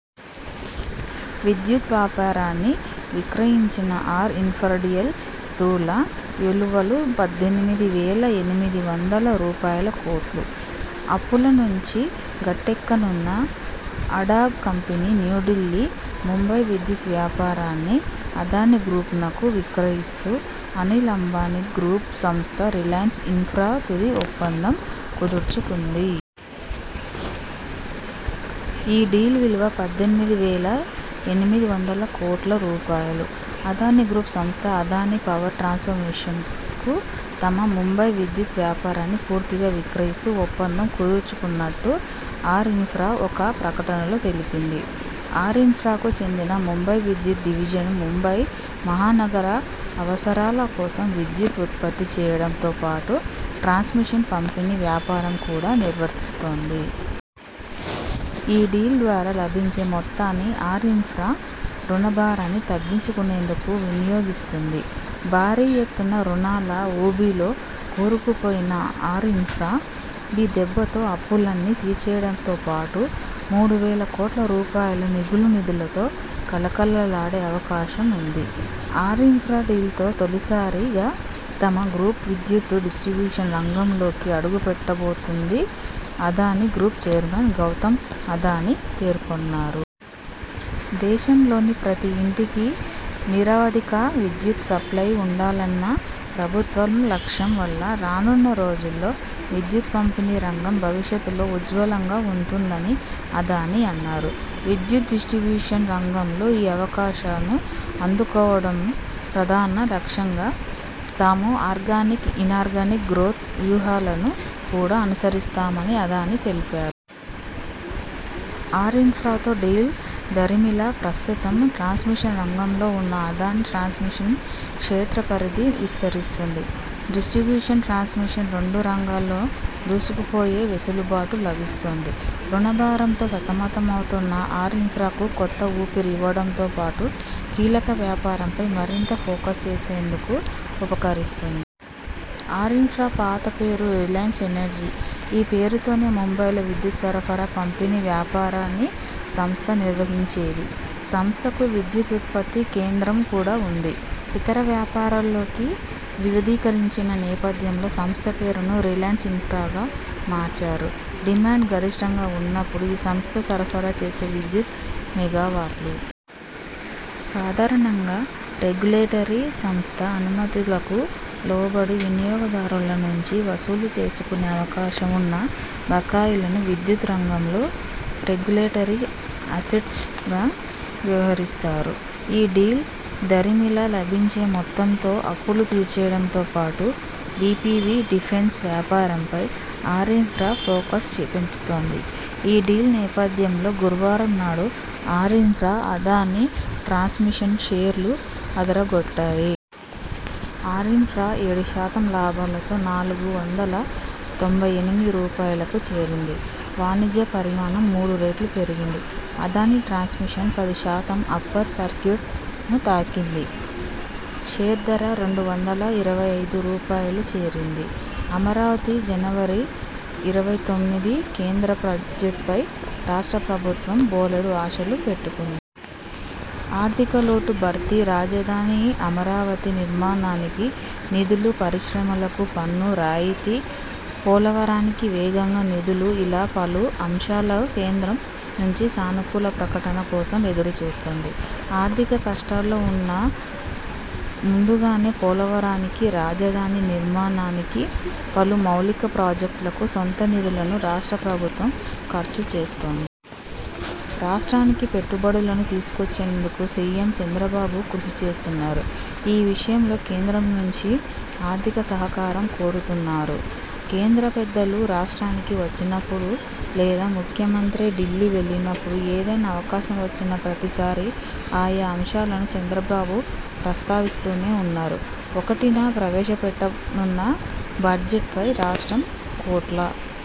విద్యుత్ వ్యాపారాన్ని విక్రయించిన ఆర్ ఇన్ఫ్రా డీల్ స్థూల విలువలు పద్దెనిమిది వేల ఎనిమిది వందల రూపాయలుకోట్లు. అప్పుల నుంచి గట్టెక్కనున్న అడాగ్ కంపెనీ న్యూఢిల్లీ ముంబై విద్యుత్ వ్యాపారాన్ని అదానీ గ్రూప్ నకు విక్రయిస్తూ అనిల్ అంబానీ గ్రూప్ సంస్థ రిలయన్స్ ఇన్ఫ్రా తుది ఒప్పందం కుదుర్చుకుంది. ఈ డీల్ విలువ పద్దెనిమిది వేల ఎనిమిది వందల కోట్ల రూపాయలు. అదానీ గ్రూప్ సంస్థ అదానీ పవర్ ట్రాన్స్మిషన్ కు తమ ముంబై విద్యుత్ వ్యాపారాన్ని పూర్తిగా విక్రయిస్తూ ఒప్పందం కుదుర్చుకున్నట్టు ఆర్ ఇన్ఫ్రా ఒక ప్రకటనలో తెలిపింది. ఆర్ ఇన్ఫ్రాకు చెందిన ముంబై విద్యుత్ డివిజన్ ముంబై మహానగర అవసరాల కోసం విద్యుత్ ఉత్పత్తి చేయడంతో పాటు ట్రాన్స్మిషన్, పంపిణీ వ్యాపారం కూడా నిర్వహిస్తోంది. ఈ డీల్ ద్వారా లభించే మొత్తాన్ని ఆర్ఇన్ఫ్రా రుణ భారాన్ని తగ్గించుకునేందుకు వినియోగిస్తుంది. భారీ ఎత్తున రుణాల ఊబిలో కూరుకుపోయిన ఆర్ఇన్ఫ్రా ఈ దెబ్బతో అప్పులన్నీ తీర్చేయడంతో పాటు మూడు వేల కోట్ల రూపాయల మిగులు నిధులతో కళకళలాడే అవకాశం ఉంది. ఆర్ ఇన్ఫ్రా డీల్ తో తొలిసారిగా తమ గ్రూప్ విద్యుత్ డిస్ట్రిబ్యూషన్ రంగంలోకి అడుగుపెట్టాబోతుంది అదానీ గ్రూప్ చైర్మన్ గౌతమ్ అదానీ పేర్కొన్నారు. దేశంలోని ప్రతి ఇంటికీ నిరవధిక విద్యుత్ సప్లయ్ ఉండాలన్న ప్రభుత్వ లక్ష్యం వల్ల రానున్న రోజుల్లో విద్యుత్ పంపిణీ రంగం భవిష్యత్ ఉజ్వలంగా ఉంటుందని అదానీ అన్నారు. విద్యుత్ డిస్ట్రిబ్యూషన్ రంగంలో అవకాశాలను అందుకోవడం ప్రధాన లక్ష్యంగా తాము ఆర్గానిక్, ఇనార్గానిక్ గ్రోత్ వ్యూహాలను కూడా అనుసరిస్తామని అదానీ తెలిపా. ఆర్ఇన్ఫ్రాతో డీల్ దరిమిలా ప్రస్తుతం ట్రాన్స్మిషన్ రంగంలోనే ఉన్న అదానీ ట్రాన్స్మిషన్ క్షేత్ర పరిధి విస్తరిస్తుంది. డిస్ట్రిబ్యూషన్, ట్రాన్స్మిషన్ రెండు రంగాల్లోనూ దూసుకుపోయే వెసులుబాటు లభిస్తుంది. రుణ భారంతో సతమతమవుతున్న ఆర్ ఇన్ఫ్రాకు కొత్త ఊపిరిని ఇవ్వడం పాటు కీలక వ్యాపారాలపై మరింత ఫోకస్ చేసేందుకు ఉపకరిస్తుం. ఆర్ఇన్ఫ్రా పాత పేరు రిలయన్స్ ఎనర్జీ. ఈ పేరుతోనే ముంబైలో విద్యుత్ సరఫరా, పంపిణీ వ్యాపారాన్ని సంస్థ నిర్వహించేది, సంస్థకు విద్యుత్ ఉత్పత్తి కేంద్రం కూడా ఉంది. ఇతర వ్యాపారాల్లోకి వివిధీకరించిన నేపథ్యంలో సంస్థ పేరును రిలయన్స్ ఇన్ఫ్రాగా మార్చారు. డిమాండ్ గరిష్ఠంగా ఉన్నప్పుడు ఈ సంస్థ సరఫరా చేసే విద్యుత్ మెగావాట్లు. సాధారణంగా రెగ్యులేటరీ సంస్థ అనుమతులకు లోబడి వినియోగదారులనుంచి వసూలు చేసుకునే అవకాశం ఉన్న బకాయిలను విద్యుత్ రంగంలో రెగ్యులేటరీ అసెట్స్ గా వ్యవహరిస్తారు. ఈ డీల్ దరిమిలా లభించే మొత్తంతో అప్పులు తీర్చేయడంతో పాటు ఇపిసి, డిఫెన్స్ వ్యాపారాలపై ఆర్ఇన్ఫ్రా ఫోకస్ పెంచుతుంది. ఈ డీల్ నేపథ్యంలో గురువారం నాడు ఆర్ ఇన్ఫ్రా, అదానీ ట్రాన్స్మిషన్ షేర్లు అదరగొట్టాయి. ఆర్ఇన్ఫ్రా ఏడు శాతం లాభంతో నాలుగు వందల తొంభై ఎనిమిది రూపాయలకు చేరింది. వాణిజ్య పరిమాణం మూడు రెట్లు పెరిగింది. అదానీ ట్రాన్స్ మిషన్ పది శాతం అప్పర్ సర్క్యుట్ ను తాకింది. షేరు ధర రెండు వందల ఇరవై ఐదు రూపాయలకు చేరింది. అమరావతి, జనవరి ఇరవై తొమ్మిది కేంద్ర బడ్జెట్ పై రాష్ట్ర ప్రభుత్వం బోలెడు ఆశలు పెట్టుకుం. ఆర్థిక లోటు భర్తీ, రాజధాని అమరావతి నిర్మాణానికి నిధులు, పరిశ్రమలకు పన్ను రాయితీలు, పోలవరానికి వేగంగా నిధులుఇలా పలు అంశాల్లో కేంద్రం నుంచి సానుకూల ప్రకటన కోసం ఎదురుచూస్తోంది. ఆర్థిక కష్టాల్లో ఉన్నా ముందుగానే పోలవరానికి, రాజధాని నిర్మాణానికి, పలు మౌలిక ప్రాజెక్టులకు సొంత నిధులను రాష్ట్ర ప్రభుత్వం ఖర్చు చేస్తో. రాష్ట్రానికి పెట్టుబడులను తీసుకొచ్చేందుకు సీఎం చంద్రబాబు కృషి చేస్తున్నారు. ఈ విషయంలో కేంద్రం నుంచీ ఆర్థిక సహకారం కోరుతున్నారు. కేంద్ర పెద్దలు రాష్ట్రానికి వచ్చినప్పుడు, లేదా ముఖ్యమంత్రే ఢిల్లీ వెళ్లినప్పుడు, ఏదైనా అవకాశం వచ్చిన ప్రతిసారీ ఆయా అంశాలను చంద్రబాబు ప్రస్తావిస్తూనే ఉన్నారు. ఒకటిన ప్రవేశ పెట్టనున్న బడ్జెట్ పై రాష్ట్రం 'కోట్ల'